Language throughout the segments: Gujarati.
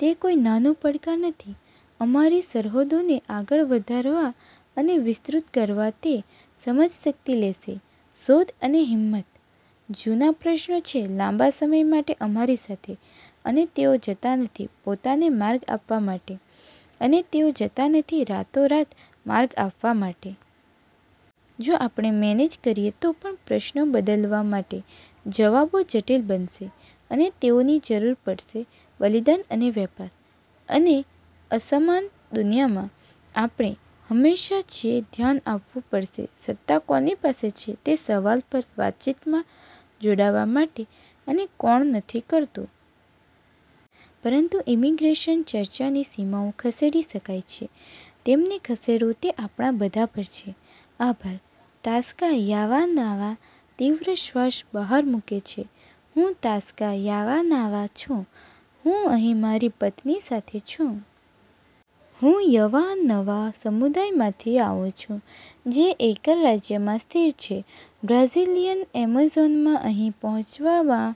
તે કોઈ નાનું પડકાર નથી અમારી સરહદોને આગળ વધારવા અને વિસ્તૃત કરવા. તે સમજશક્તિ લેશે, શોધ અને હિંમત. જૂના પ્રશ્નો છે લાંબા સમય માટે અમારી સાથે, અને તેઓ જતા નથી પોતાને માર્ગ આપવા માટે, અને તેઓ જતા નથી રાતોરાત માર્ગ આપવા માટે. જો આપણે મેનેજ કરીએ તો પણ પ્રશ્નો બદલવા માટે, જવાબો જટિલ બનશે, અને તેઓની જરૂર પડશે બલિદાન અને વેપાર. અને અસમાન દુનિયામાં, આપણે હંમેશાં છીએ ધ્યાન આપવું પડશે સત્તા કોની પાસે છે તે સવાલ પર વાતચીતમાં જોડાવા માટે અને કોણ નથી કરતું. પરંતુ ઇમિગ્રેશન ચર્ચાની સીમાઓ ખસેડી શકાય છે. તેમને ખસેડવું તે આપણા બધા પર છે. આભાર.. તાશ્કા યવાનવા તીવ્ર શ્વાસ બહાર મૂકે છે. હું તાશ્કા યવાનવા છું. હું અહીં મારી પત્ની સાથે છું. હું યવાનવા સમુદાય માંથી આવું છું, જે એકર રાજ્યમાં સ્થિત છે બ્રાઝીલીયન એમેઝોનમાં. અહીં પહોંચવામાં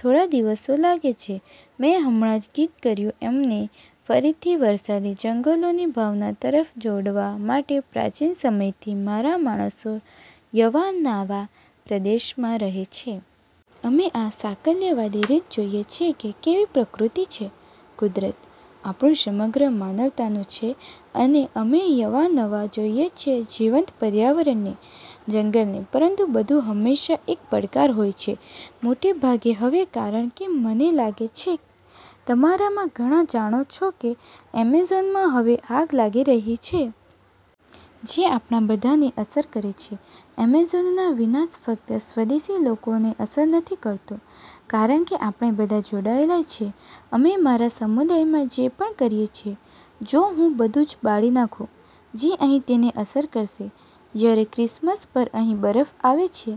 થોડા દિવસો લાગે છે. મેં હમણાં જ ગીત કર્યું અમને ફરીથી વરસાદી જંગલોની ભાવના તરફ જોડવા માટે પ્રાચીન સમયથી મારા માણસો યવાનાવા પ્રદેશમાં રહે છે. અમે આ સાકલ્યવાદી રીત જોઈએ છીએ કે કેવી પ્રકૃતિ છે. કુદરત, આપણુું સમગ્ર માનવતાનું છે અને અમે યવાનવા જોઈએ છીએ જીવંત પર્યાવરણને, જંગલને પરંતુ બધું હંમેશાં એક પડકાર હોય છે. મોટે ભાગે હવે કારણ કે મને લાગે છે તમારા માં ઘણા જાણો છો કે એમેઝોનમાં હવે આગ લાગી રહી છે. જે આપણા બધાને અસર કરે છે. એમેઝોનનો વિનાશ ફક્ત સ્વદેશી લોકોને અસર નથી કરતો, કારણ કે આપણે બધા જોડાયેલા છીએ. અમે મારા સમુદાયમાં જે પણ કરીએ છીએ, જો હું બધુ જ બાળી નાખું, જે અહીં તેને અસર કરશે, જ્યારે ક્રિસમસ પર અહીં બરફ આવે છે.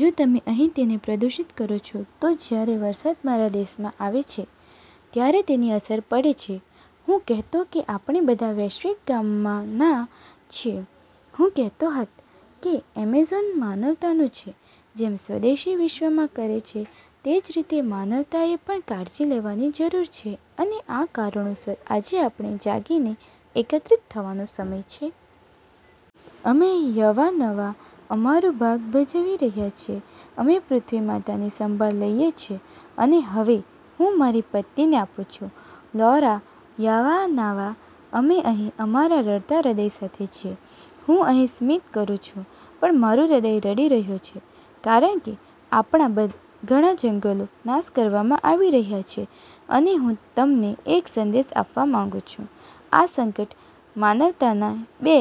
જો તમે અહીં તેને પ્રદૂષિત કરો છો, તો જ્યારે વરસાદ મારા દેશમાં આવે છે, ત્યારે તેની અસર પડે છે. હું કહેતો કે આપણે બધા વૈશ્વિક ગામનાં છીએ. હું કહેતો હત, કે એમેઝોન માનવતાનું છે, જેમ સ્વદેશી વિશ્વમાં કરે છે તે જ રીતે માનવતાએ પણ કાળજી લેવાની જરૂર છે અને આ કારણોસર આજે આપણે જાગીને, એકત્રિત થવાનો સમય છે. અમે યવાનવા અમારું ભાગ ભજવી રહ્યા છીએ. અમે પૃથ્વી માત ની સંભાળ લઈએ છીએ. અને હવે, હું મારી પત્નીને આપું છું. લૌરા યવાનાવા: અમે અહીં અમારા રડતાં હૃદય સાથે છીએ. હું અહીં સ્મિત કરું છું, પણ મારું હૃદય રડી રહ્યો છે, કારણ કે આપણા ઘણા જંગલો નાશ કરવામાં આવી રહ્યા છે અને હું તમને એક સંદેશ આપવા માંગું છું. આ સંકટ માનવતાને બે